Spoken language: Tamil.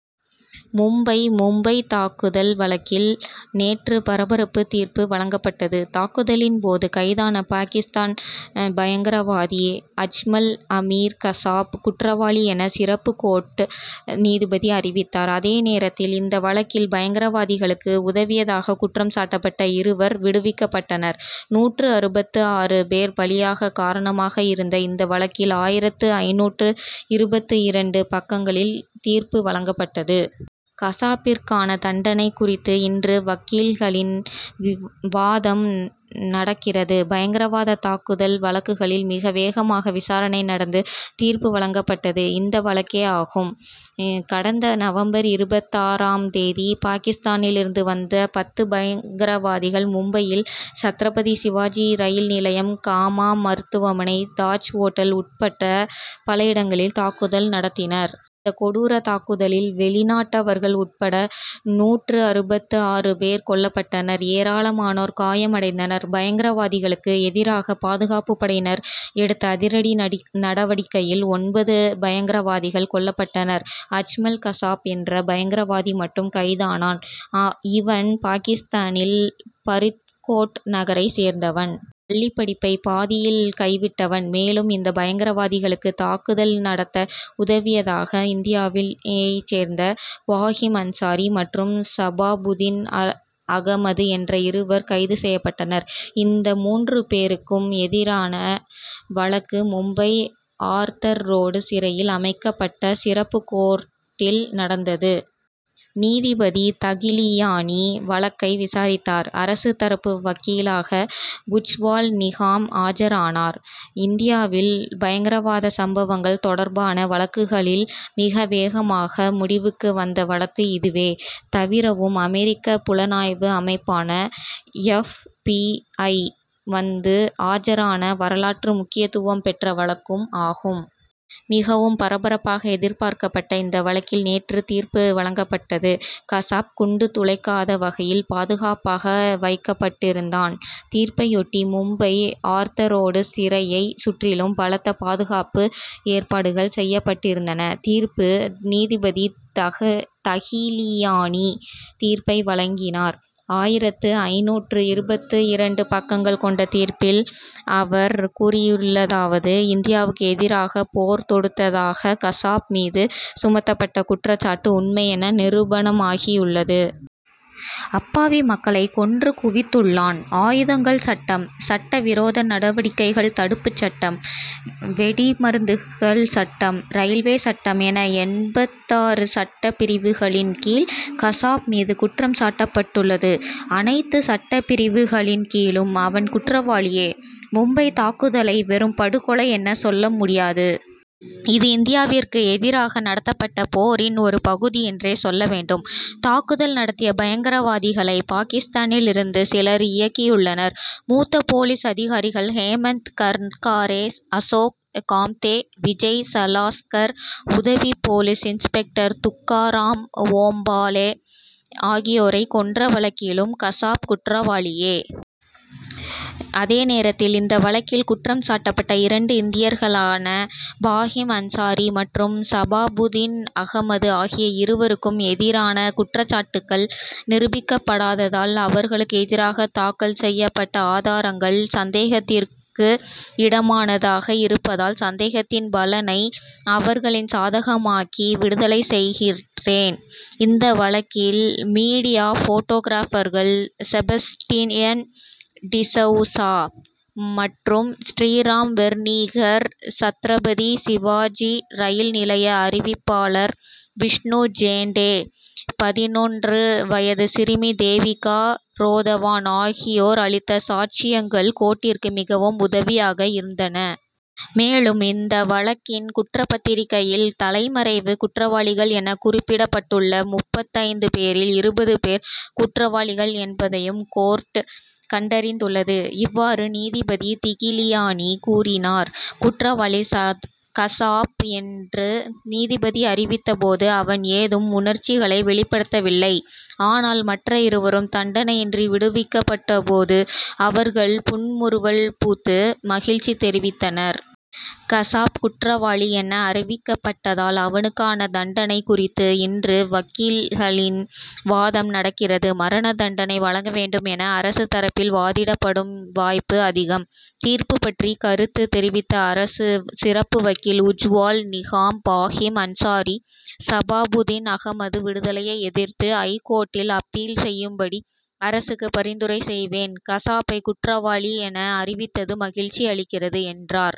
மும்பை மும்பைத் தாக்குதல் வழக்கில் நேற்று பரபரப்பு தீர்ப்பு வழங்கப்பட்டது. தாக்குதலின் போது கைதான பாகிஸ்தான் பயங்கரவாதி அஜ்மல் அமீர் கசாப் குற்றவாளி என சிறப்பு கோர்ட் நீதிபதி அறிவித்தார். அதே நேரத்தில் இந்த வழக்கில் பயங்கரவாதிகளுக்கு உதவியதாக குற்றம் சாட்டப்பட்ட இருவர் விடுவிக்கப்பட்டனர். நூற்று அறுபத்து ஆறு பேர் பலியாக காரணமாக இருந்த இந்த வழக்கில் ஆயிரத்து ஐந்நூற்று இருபத்து இரண்டு பக்கங்களில் தீர்ப்பு வழங்கப்பட்டது. கசாப்பிற்கான தண்டனை குறித்து இன்று வக்கீல்களின் வாதம் நடக்கிறது. பயங்கரவாத தாக்குதல் வழக்குகளில் மிக வேகமாக விசாரணை நடந்து தீர்ப்பு வழங்கப்பட்டது இந்த வழக்கே ஆகும். கடந்த நவம்பர் இருபத்தாறாம் தேதி பாகிஸ்தானிலிருந்து வந்த பத்து பயங்கரவாதிகள் மும்பையில் சத்ரபதி சிவாஜி ரயில் நிலையம் காமா மருத்துவமனை தாஜ் ஓட்டல் உட்பட பல இடங்களில் தாக்குதல் நடத்தினர். இந்தக் கொடூர தாக்குதலில் வெளிநாட்டவர்கள் உட்பட நூற்று அறுபத்து ஆறு பேர் கொல்லப்பட்டனர் ஏராளமானோர் காயம் அடைந்தனர். பயங்கரவாதிகளுக்கு எதிராக பாதுகாப்புப் படையினர் எடுத்த அதிரடி நடவடிக்கையில் ஒன்பது பயங்கரவாதிகள் கொல்லப்பட்டனர். அஜ்மல் கசாப் என்ற பயங்கரவாதி மட்டும் கைதானான். இவன் பாகிஸ்தானில் பரித்கோட் நகரைச் சேர்ந்தவன். பள்ளிப்படிப்பை பாதியில் கைவிட்டவன். மேலும் இந்த பயங்கரவாதிகளுக்கு தாக்குதல் நடத்த உதவியதாக இந்தியாவைச் சேர்ந்த பாஹீம் அன்சாரி மற்றும் சபாபுதீன் அகமது என்ற இருவர் கைது செய்யப்பட்டனர். இந்த மூன்று பேருக்கும் எதிரான வழக்கு மும்பை ஆர்தர் ரோடு சிறையில் அமைக்கப்பட்ட சிறப்பு கோர்ட்டில் நடந்தது. நீதிபதி தகிலியானி வழக்கை விசாரித்தார். அரசு தரப்பு வக்கீலாக உஜ்வால்நிகாம் ஆஜரானார். இந்தியாவில் பயங்கரவாத சம்பவங்கள் தொடர்பான வழக்குகளில் மிக வேகமாக முடிவுக்கு வந்த வழக்கு இதுவே. தவிரவும் அமெரிக்க புலனாய்வு அமைப்பான எப். பி. ஐ. வந்து ஆஜரான வரலாற்று முக்கியத்துவம் பெற்ற வழக்கும் ஆகும். மிகவும் பரபரப்பாக எதிர்பார்க்கப்பட்ட இந்த வழக்கில் நேற்று தீர்ப்பு வழங்கப்பட்டது. கசாப் குண்டுதுளைக்காத வகையில் பாதுகாப்பாக வைக்கப்பட்டிருந்தான். தீர்ப்பையொட்டி மும்பை ஆர்தர்ரோடு சிறையைச் சுற்றிலும் பலத்த பாதுகாப்பு ஏற்பாடுகள் செய்யப்பட்டிருந்தன. தீர்ப்பு நீதிபதி தகிலியானி தீர்ப்பை வழங்கினார். ஆயிரத்து ஐந்நூற்று இருபத்து இரண்டு பக்கங்கள் கொண்ட தீர்ப்பில் அவர் கூறியுள்ளதாவது இந்தியாவுக்கு எதிராக போர் தொடுத்ததாக கசாப் மீது சுமத்தப்பட்ட குற்றச்சாட்டு உண்மை என நிரூபணமாகியுள்ளது. அப்பாவி மக்களை கொன்று குவித்துள்ளான். ஆயுதங்கள் சட்டம் சட்ட விரோத நடவடிக்கைகள் தடுப்புச் சட்டம் வெடிமருந்துகள் சட்டம் ரயில்வே சட்டம் என எண்பத்தாறு சட்டப் பிரிவுகளின் கீழ் கசாப் மீது குற்றம் சாட்டப்பட்டுள்ளது. அனைத்து சட்டப் பிரிவுகளின் கீழும் அவன் குற்றவாளியே. மும்பைத் தாக்குதலை வெறும் படுகொலை என சொல்ல முடியாது. இது இந்தியாவிற்கு எதிராக நடத்தப்பட்ட போரின் ஒரு பகுதி என்றே சொல்ல வேண்டும். தாக்குதல் நடத்திய பயங்கரவாதிகளை பாகிஸ்தானில் இருந்து சிலர் இயக்கியுள்ளனர். மூத்த போலீஸ் அதிகாரிகள் ஹேமந்த் கர்காரே அசோக் காம்தே விஜய் சலாஸ்கர் உதவி போலீஸ் இன்ஸ்பெக்டர் துக்காராம் ஓம்பாலே ஆகியோரை கொன்ற வழக்கிலும் கசாப் குற்றவாளியே. அதேநேரத்தில் இந்த வழக்கில் குற்றம் சாட்டப்பட்ட இரண்டு இந்தியர்களான பாஹீம் அன்சாரி மற்றும் சபாபுதீன் அகமது ஆகிய இருவருக்கும் எதிரான குற்றச்சாட்டுக்கள் நிரூபிக்கப்படாததால் அவர்களுக்கு எதிராக தாக்கல் செய்யப்பட்ட ஆதாரங்கள் சந்தேகத்திற்கு இடமானதாக இருப்பதால் சந்தேகத்தின் பலனை அவர்களுக்கு சாதகமாக்கி விடுதலை செய்கிறேன். இந்த வழக்கில் மீடியா போட்டோகிராபர்கள் செபஸ்டியன் டிசவுசா மற்றும் ஸ்ரீராம் வெர்னீகர் சத்ரபதி சிவாஜி ரயில் நிலைய அறிவிப்பாளர் விஷ்ணு ஜெண்டே பதினொன்று வயது சிறுமி தேவிகா ரோதவான் ஆகியோர் அளித்த சாட்சியங்கள் கோர்ட்டிற்கு மிகவும் உதவியாக இருந்தன. மேலும் இந்த வழக்கின் குற்றப்பத்திரிகையில் தலைமறைவு குற்றவாளிகள் என குறிப்பிடப்பட்டுள்ள முப்பத்தைந்து பேரில் இருபது பேர் குற்றவாளிகள் என்பதையும் கோர்ட் கண்டறிந்துள்ளது. இவ்வாறு நீதிபதி திகிலியானி கூறினார். குற்றவாளி கசாப் என்று நீதிபதி அறிவித்த போது அவன் ஏதும் உணர்ச்சிகளை வெளிப்படுத்தவில்லை. ஆனால் மற்ற இருவரும் தண்டனையின்றி விடுவிக்கப்பட்ட போது அவர்கள் புன்முறுவல் பூத்து மகிழ்ச்சி தெரிவித்தனர். கசாப் குற்றவாளி என அறிவிக்கப்பட்டதால் அவனுக்கான தண்டனை குறித்து இன்று வக்கீல்களின் வாதம் நடக்கிறது. மரண தண்டனை வழங்க வேண்டும் என அரசு தரப்பில் வாதிடப்படும் வாய்ப்பு அதிகம். தீர்ப்பு பற்றி கருத்து தெரிவித்த அரசு சிறப்பு வக்கீல் உஜ்வால் நிகாம் பாஹீம் அன்சாரி சபாபுதீன் அகமது விடுதலையை எதிர்த்து ஐகோர்ட்டில் அப்பீல் செய்யும்படி அரசுக்கு பரிந்துரை செய்வேன். கசாப்பை குற்றவாளி என அறிவித்தது மகிழ்ச்சி அளிக்கிறது என்றார்.